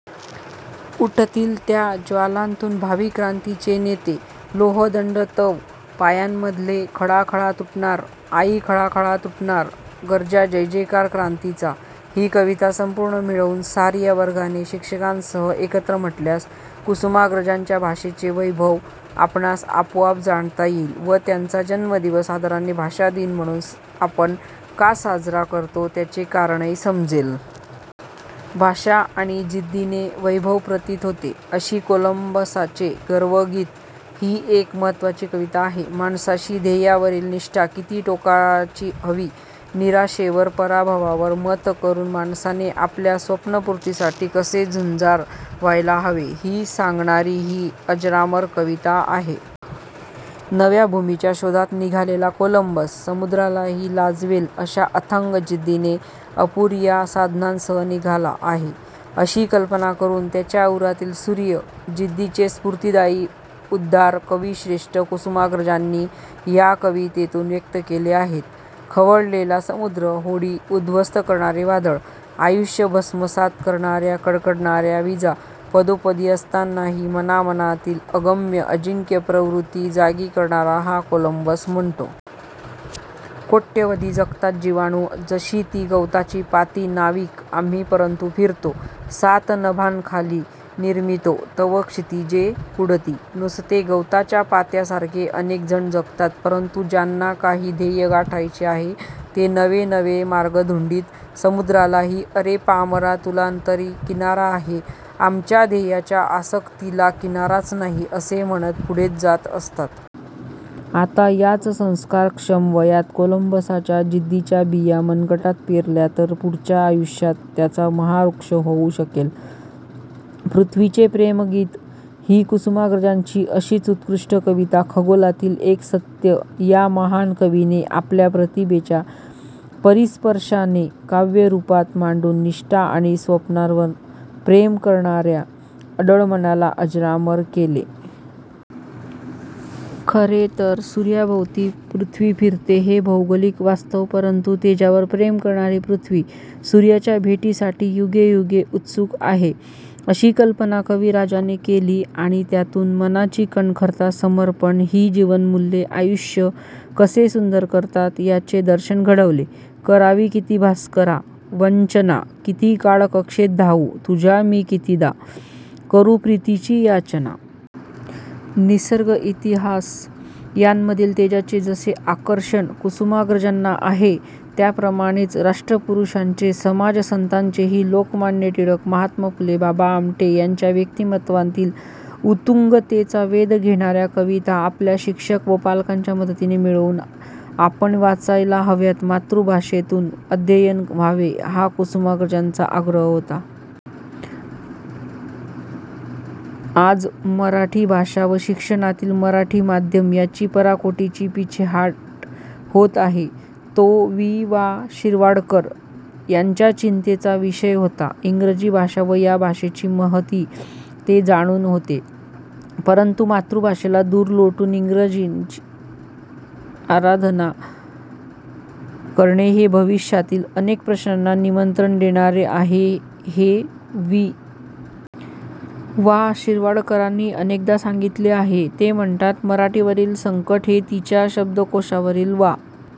उठतिल त्या ज्वालांतुन भावी क्रांतीचे नेते लोहदंड तव पायांमधले खळाखळा तुटणार आई खळाखळा तुटणार गर्जा जयजयकार क्रांतीचा ही कविता संपूर्ण मिळवून सार्या वर्गाने शिक्षकांसह एकत्र म्हटल्यास कुसुमाग्रजांच्या भाषेचे वैभव आपणास आपोआप जाणता येईल व त्यांचा जन्मदिवस आदराने भाषा दिन म्हणून आपण का साजरा करतो, त्याचे कारणही समजेल. भाषा आणि जिद्दीने वैभव प्रतीत होते, अशी कोलंबसाचे गर्वगीत ही एक महत्त्वाची कविता आहे. माणसाची ध्येयावरील निष्ठा किती टोकाची हवी, निराशेवर, पराभवावर मत करून माणसाने आपल्या स्वप्नपूर्तीसाठी कसे झुंजार व्हायला हवे हे सांगणारी ही अजरामर कविता आहे. नव्या भूमीच्या शोधात निघालेला कोलंबस समुद्रालाही लाजवेल अशा अथांग जिद्दीने अपुर्या साधनांसह निघाला आहे अशी कल्पना करून त्याच्या उरातील सूर्य जिद्दीचे स्फूर्तिदायी उद्गार कविश्रेष्ठ कुसुमाग्रजांनी ह्या कवितेतून व्यक्त केले आहेत. खवळलेला समुद्र, होडी उद्ध्वस्त करणारे वादळ, आयुष्य भस्मसात करणार्या कडकडणार्या विजा पदोपदी असतानाही मानामनांतील अगम्य, अजिंक्य प्रवृत्ती जागी करणारा हा कोलंबस म्हणतो. कोट्यवधी जगतात जिवाणू, जशी ती गवताची पाती नाविक आम्ही परंतु फिरतो सात नभांखाली निर्मितो नव क्षितिजे पुढती! नुसते गवताच्या पात्यासारखे अनेकजण जगतात, परंतु ज्यांना काही ध्येय गाठायचे आहे ते नवेनवे मार्ग धुंडीत, समुद्रालाही अरे पामरा, तुला तरी किनारा आहे, आमच्या ध्येयाच्या आसक्तीला किनाराच नाही असे म्हणत पुढेच जात असतात. आता याच संस्कारक्षम वयात कोलंबसाच्या जिद्दीच्या बिया मनगटात पेरल्या तर पुढच्या आयुष्यात त्याचा महावृक्ष होऊ शकेल. पृथ्वीचे प्रेमगीत ही कुसुमाग्रजांची अशीच उत्कृष्ट कविता. खगोलातील एक सत्य ह्या महान कवीने आपल्या प्रतिभेच्या परीसस्पर्शाने काव्यरूपात मांडून निष्ठा आणि स्वप्नांवर प्रेम करणार्या अढळ मनाला अजरामर केले. खरे तर सूर्याभोवती पृथ्वी फिरते हे भौगोलिक वास्तव परंतु तेजावर प्रेम करणारी पृथ्वी सूर्याच्या भेटीसाठी युगेयुगे उत्सुक आहे, अशी कल्पना कविराजाने केली आणि त्यातून मनाची कणखरता, समर्पण ही जीवनमूल्ये आयुष्य कसे सुंदर करतात, याचे दर्शन घडवले करावी किती भास्करा वंचना किती काळ कक्षेत धावू तुझ्या मी कितीदा करू प्रीतिची याचना! निसर्ग, इतिहास यांमधील तेजाचे जसे आकर्षण कुसुमाग्रजांना आहे त्याप्रमाणेच राष्ट्रपुरुषांचे, समाजसंतांचेही! लोकमान्य टिळक, महात्मा फुले, बाबा आमटे यांच्या व्यक्तिमत्त्वांतील उत्तुंगतेचा वेध घेणार्या कविता आपल्या शिक्षक व पालकांच्या मदतीने मिळवून आपण वाचायला हव्यात. मातृभाषेतून अध्ययन व्हावे हा कुसुमाग्रजांचा आग्रह होता. आज मराठी भाषा व शिक्षणातील मराठी माध्यम यांची पराकोटीची पिछेहाट होत आहे. तो वि. वा. शिरवाडकर यांच्या चिंतेचा विषय होता. इंग्रजी भाषा व या भाषेची महती ते जाणून होते, परंतु मातृभाषेला दूर लोटून इंग्रजीची आराधना करणे हे भविष्यातील अनेक प्रश्नांना निमंत्रण देणारे आहे, हे वि. वा. शिरवाडकरांनी अनेकदा सांगितले आहे. ते म्हणतात, मराठीवरील संकट हे तिच्या शब्दकोशावरील वा